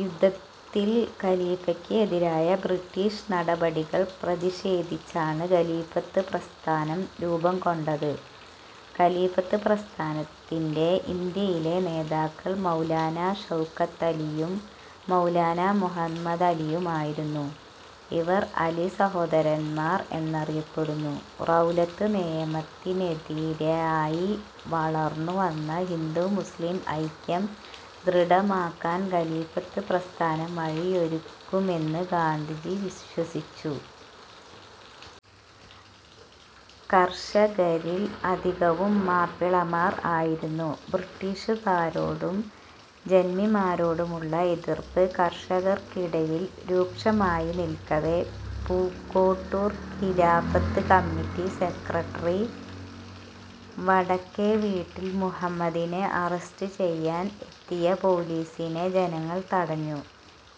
യുദ്ധത്തിൽ ഖലീഫയ്ക്ക് എതിരായ ബ്രിട്ടീഷ് നടപടികൾ പ്രതിഷേധിച്ച ഖലീഫത്ത് പ്രസ്ഥാനം രൂപം കൊണ്ട് ഖലീഫത്ത് പ്രസ്ഥാനത്തിന്റെ ഇന്ത്യയിലെ നേതാക്കൾ മൗലാന ഷൗക്കത്തലിയും മൗലാന മുഹമ്മദലിയുമായിരുന്നു. ഇവർ അലി സഹോദരന്മാർ' എന്നറിയപ്പെടുന്നു. റൗലത്ത് നിയമത്തിനെതിരായി വളർന്നു വന്ന ഹിന്ദു മുസ്ലിം ഐക്യം ദൃഢമാക്കാൻ ഖലീഫത്ത് പ്രസ്ഥാനം വഴിയൊരുക്കുമെന്ന് ഗാന്ധിജി വിശ്വസിച്ചു. കർഷകരിൽ അധികവും മാപ്പിളമാർ ആയിരുന്നു. ബ്രിട്ടീഷുകാരോടും ജന്മിമാരോടുമുള്ള എതിർപ്പ് കർഷകർക്കിടയിൽ രൂക്ഷമായി നിൽക്കവെ പൂക്കോട്ടൂർ ഖിലാഫത്ത് കമ്മിറ്റി സെക്രട്ടറി വടക്കേവീട്ടിൽ മുഹമ്മദിനെ അറസ്റ്റ് ചെയ്യാൻ എത്തിയ പോലീസിനെ ജനങ്ങൾ തടഞ്ഞു.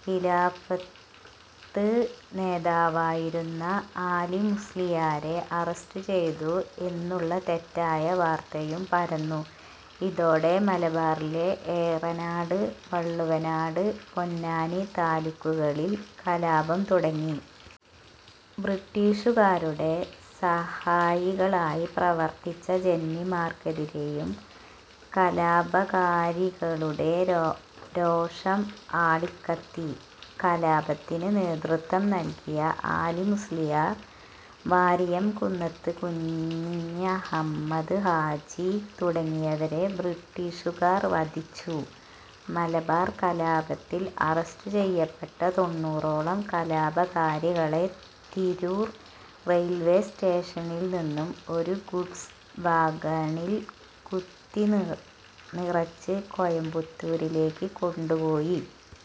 ഖിലാഫത്ത് നേതാവായിരുന്ന ആലിമുസ്ലിയാരെ അറസ്റ്റു ചെയ്തു എന്നുള്ള തെറ്റായ വാർത്തയും പരന്നു. ഇതോടെ മലബാറിലെ ഏറനാട്, വള്ളുവനാട്, പൊന്നാനി താലൂക്കുകളിൽ കലാപം തുടങ്ങി. ബ്രിട്ടീഷുകാരുടെ സഹായികളായി പ്രവർത്തിച്ച ജന്മിമാർക്കെതിരെയും കലാപകാരികളുടെ രോ രോഷം ആളിക്കത്തി. കലാപത്തിന് നേതൃത്വം നൽകിയ ആലി മുസ്ലിയാർ, വാരിയംകുന്നത്ത് കുഞ്ഞഹമ്മദ് ഹാജി തുടങ്ങിയവരെ ബ്രിട്ടീഷുകാർ വധിച്ചു. മലബാർ കലാപത്തിൽ അറസ്റ്റു ചെയ്യപ്പെട്ട തൊണ്ണൂറോളം കലാപകാരികളെ തിരൂർ റെയിൽവെ സ്റ്റേഷനിൽ നിന്നും ഒരു ഗുഡ്സ് വാഗണിൽ കുത്തിനി നിറച്ച് കോയമ്പത്തൂരിലേക്ക് കൊണ്ടുപോയി.